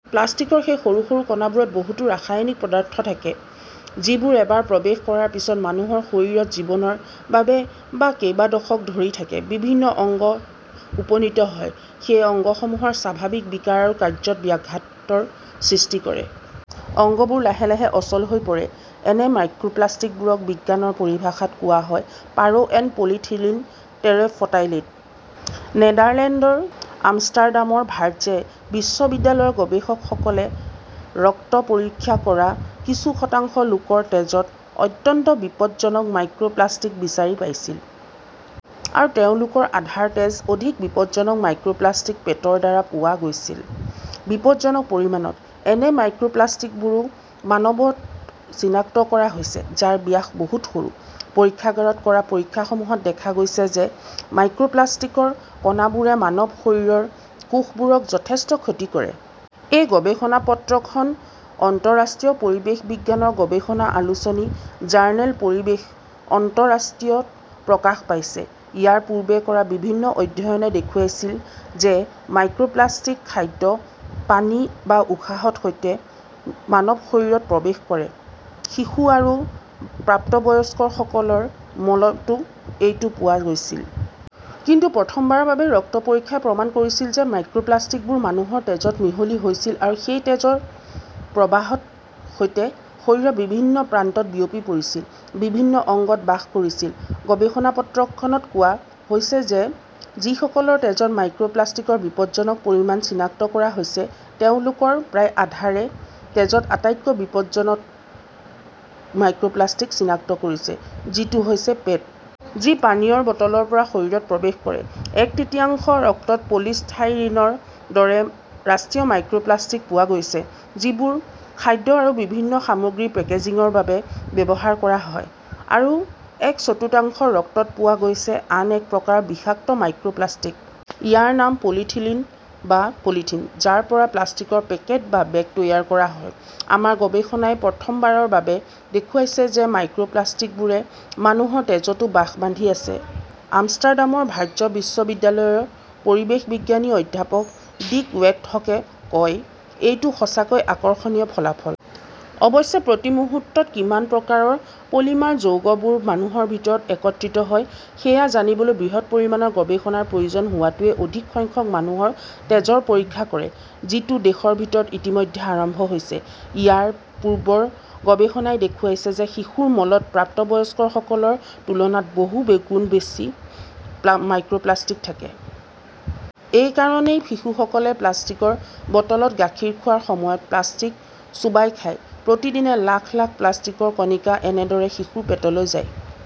প্লাষ্টিকৰ সেই সৰু সৰু কণাবোৰত বহুতো ৰাসায়নিক পদাৰ্থ থাকে যিবোৰ এবাৰ প্ৰৱেশ কৰাৰ পিছত মানুহৰ শৰীৰত জীৱনৰ বাবে বা কেইবা দশক ধৰি থাকে। বিভিন্ন অংগত উপনীত হয়। সেই অংগসমূহৰ স্বাভাৱিক বিকাৰ আৰু কাৰ্য্যত ব্যাঘাতৰ সৃষ্টি কৰে। অংগবোৰ লাহে লাহে অচল হৈ পৰে। এনে মাইক্ৰপ্লাষ্টিকবোৰক বিজ্ঞানৰ পৰিভাষাত কোৱা হয় পাৰ এণ্ড পলিথিলিন টেৰেফথাইলেট। নেদাৰলেণ্ডৰ আমষ্টাৰডামৰ ভাৰ্জে বিশ্ববিদ্যালয়ৰ গৱেষকসকলে ৰক্ত পৰীক্ষা কৰা কিছু শতাংশ লোকৰ তেজত অত্যন্ত বিপজ্জনক মাইক্ৰপ্লাষ্টিক বিচাৰি পাইছিল। আৰু তেওঁলোকৰ আধাৰ তেজ অধিক বিপদজনক মাইক্ৰপ্লাষ্টিক‌ পেটৰ দ্বাৰা পোৱা গৈছিল। বিপদজনক পৰিমাণত। এনে মাইক্ৰপ্লাষ্টিকবোৰো মানৱত চিনাক্ত কৰা হৈছে, যাৰ ব্যাস বহুত সৰু। পৰীক্ষাগাৰত কৰা পৰীক্ষাসমূহত দেখা গৈছে যে মাইক্ৰপ্লাষ্টিকৰ কণাবোৰে মানৱ শৰীৰৰ কোষবোৰক যথেষ্ট ক্ষতি কৰে। এই গৱেষণা পত্ৰখন আন্তঃৰাষ্ট্ৰীয় পৰিৱেশ বিজ্ঞান গৱেষণা আলোচনী জাৰ্নেল পৰিৱেশ আন্তঃৰাষ্ট্ৰীয়ত প্ৰকাশ পাইছে। ইয়াৰ পূৰ্বে কৰা বিভিন্ন অধ্যয়নে দেখুৱাইছিল যে মাইক্ৰপ্লাষ্টিক খাদ্য, পানী বা উশাহৰ সৈতে মানৱ শৰীৰত প্ৰৱেশ কৰে। শিশু আৰু প্ৰাপ্তবয়স্কসকলৰ মলতো এইটো পোৱা গৈছিল। কিন্তু প্ৰথমবাৰৰ বাবে ৰক্ত পৰীক্ষাই প্ৰমাণ কৰিছিল যে মাইক্ৰোপ্লাস্টিকবোৰ মানুহৰ তেজত মিহলি হৈছিল আৰু সেই তেজৰ প্ৰবাহৰ সৈতে শৰীৰৰ বিভিন্ন প্ৰান্তত বিয়পি পৰিছিল, বিভিন্ন অংগত বাস কৰিছিল। গৱেষণা পত্ৰখনত কোৱা হৈছে যে যিসকলৰ তেজত মাইক্ৰপ্লাষ্টিকৰ বিপদজনক পৰিমাণ চিনাক্ত কৰা হৈছে, তেওঁলোকৰ প্ৰায় আধাৰে তেজত আটাইতকৈ বিপদজনক মাইক্ৰপ্লাষ্টিক চিনাক্ত কৰিছে, যিটো হৈছে পেট। যি পানীয়ৰ বটলৰ পৰা শৰীৰত প্ৰৱেশ কৰে। এক তৃতীয়াংশ ৰক্তত পলিষ্টাইৰিনৰ দৰে ৰাষ্ট্ৰীয় মাইক্ৰপ্লাষ্টিক পোৱা গৈছে। যিবোৰ খাদ্য আৰু বিভিন্ন সামগ্ৰীৰ পেকেজিংৰ বাবে ব্যৱহাৰ কৰা হয়। আৰু এক চতুৰ্থাংশ ৰক্তত পোৱা গৈছে আন এক প্ৰকাৰৰ বিষাক্ত মাইক্ৰপ্লাষ্টিক। ইয়াৰ নাম পলিইথিলিন বা‌ পলিথিন। যাৰ পৰা প্লাষ্টিকৰ পেকেট বা বেগ তৈয়াৰ কৰা হয়। আমাৰ গৱেষণাই প্ৰথমবাৰৰ বাবে দেখুৱাইছে যে মাইক্ৰপ্লাষ্টিকবোৰে মানুহৰ তেজতো বাসা বান্ধি আছে, আমষ্টাৰডামৰ ভাৰ্জ বিশ্ববিদ্যালয়ৰ পৰিৱেশ বিজ্ঞানী অধ্যাপক ডিক ৱেটহকে কয়, এইটো সঁচাকৈয়ে আকৰ্ষণীয় ফলাফল। অৱশ্যে, প্ৰতি মুহূৰ্তত কিমান প্ৰকাৰৰ পলিমাৰ যৌগবোৰ মানুহৰ ভিতৰত একত্ৰিত হয় সেয়া জানিবলৈ বৃহৎ পৰিমাণৰ গৱেষণাৰ প্ৰয়োজন হোৱাটোৱে অধিক সংখ্যক মানুহৰ তেজৰ পৰীক্ষা কৰে। যিটো দেশৰ ভিতৰত ইতিমধ্যে আৰম্ভ হৈছে। ইয়াৰ পূৰ্বৰ গৱেষণাই দেখুৱাইছে যে শিশুৰ মলত প্ৰাপ্তবয়স্কসকলৰ তুলনাত বহু গুণ বেছি মাইক্ৰপ্লাষ্টিক থাকে। এই কাৰণেই শিশুসকলে প্লাষ্টিকৰ বটলত গাখীৰ খোৱাৰ সময়ত প্লাষ্টিক চোবাই খায়। প্ৰতিদিনে লাখ লাখ প্লাষ্টিকৰ কণিকা এনেদৰে শিশুৰ পেটলৈ যায়।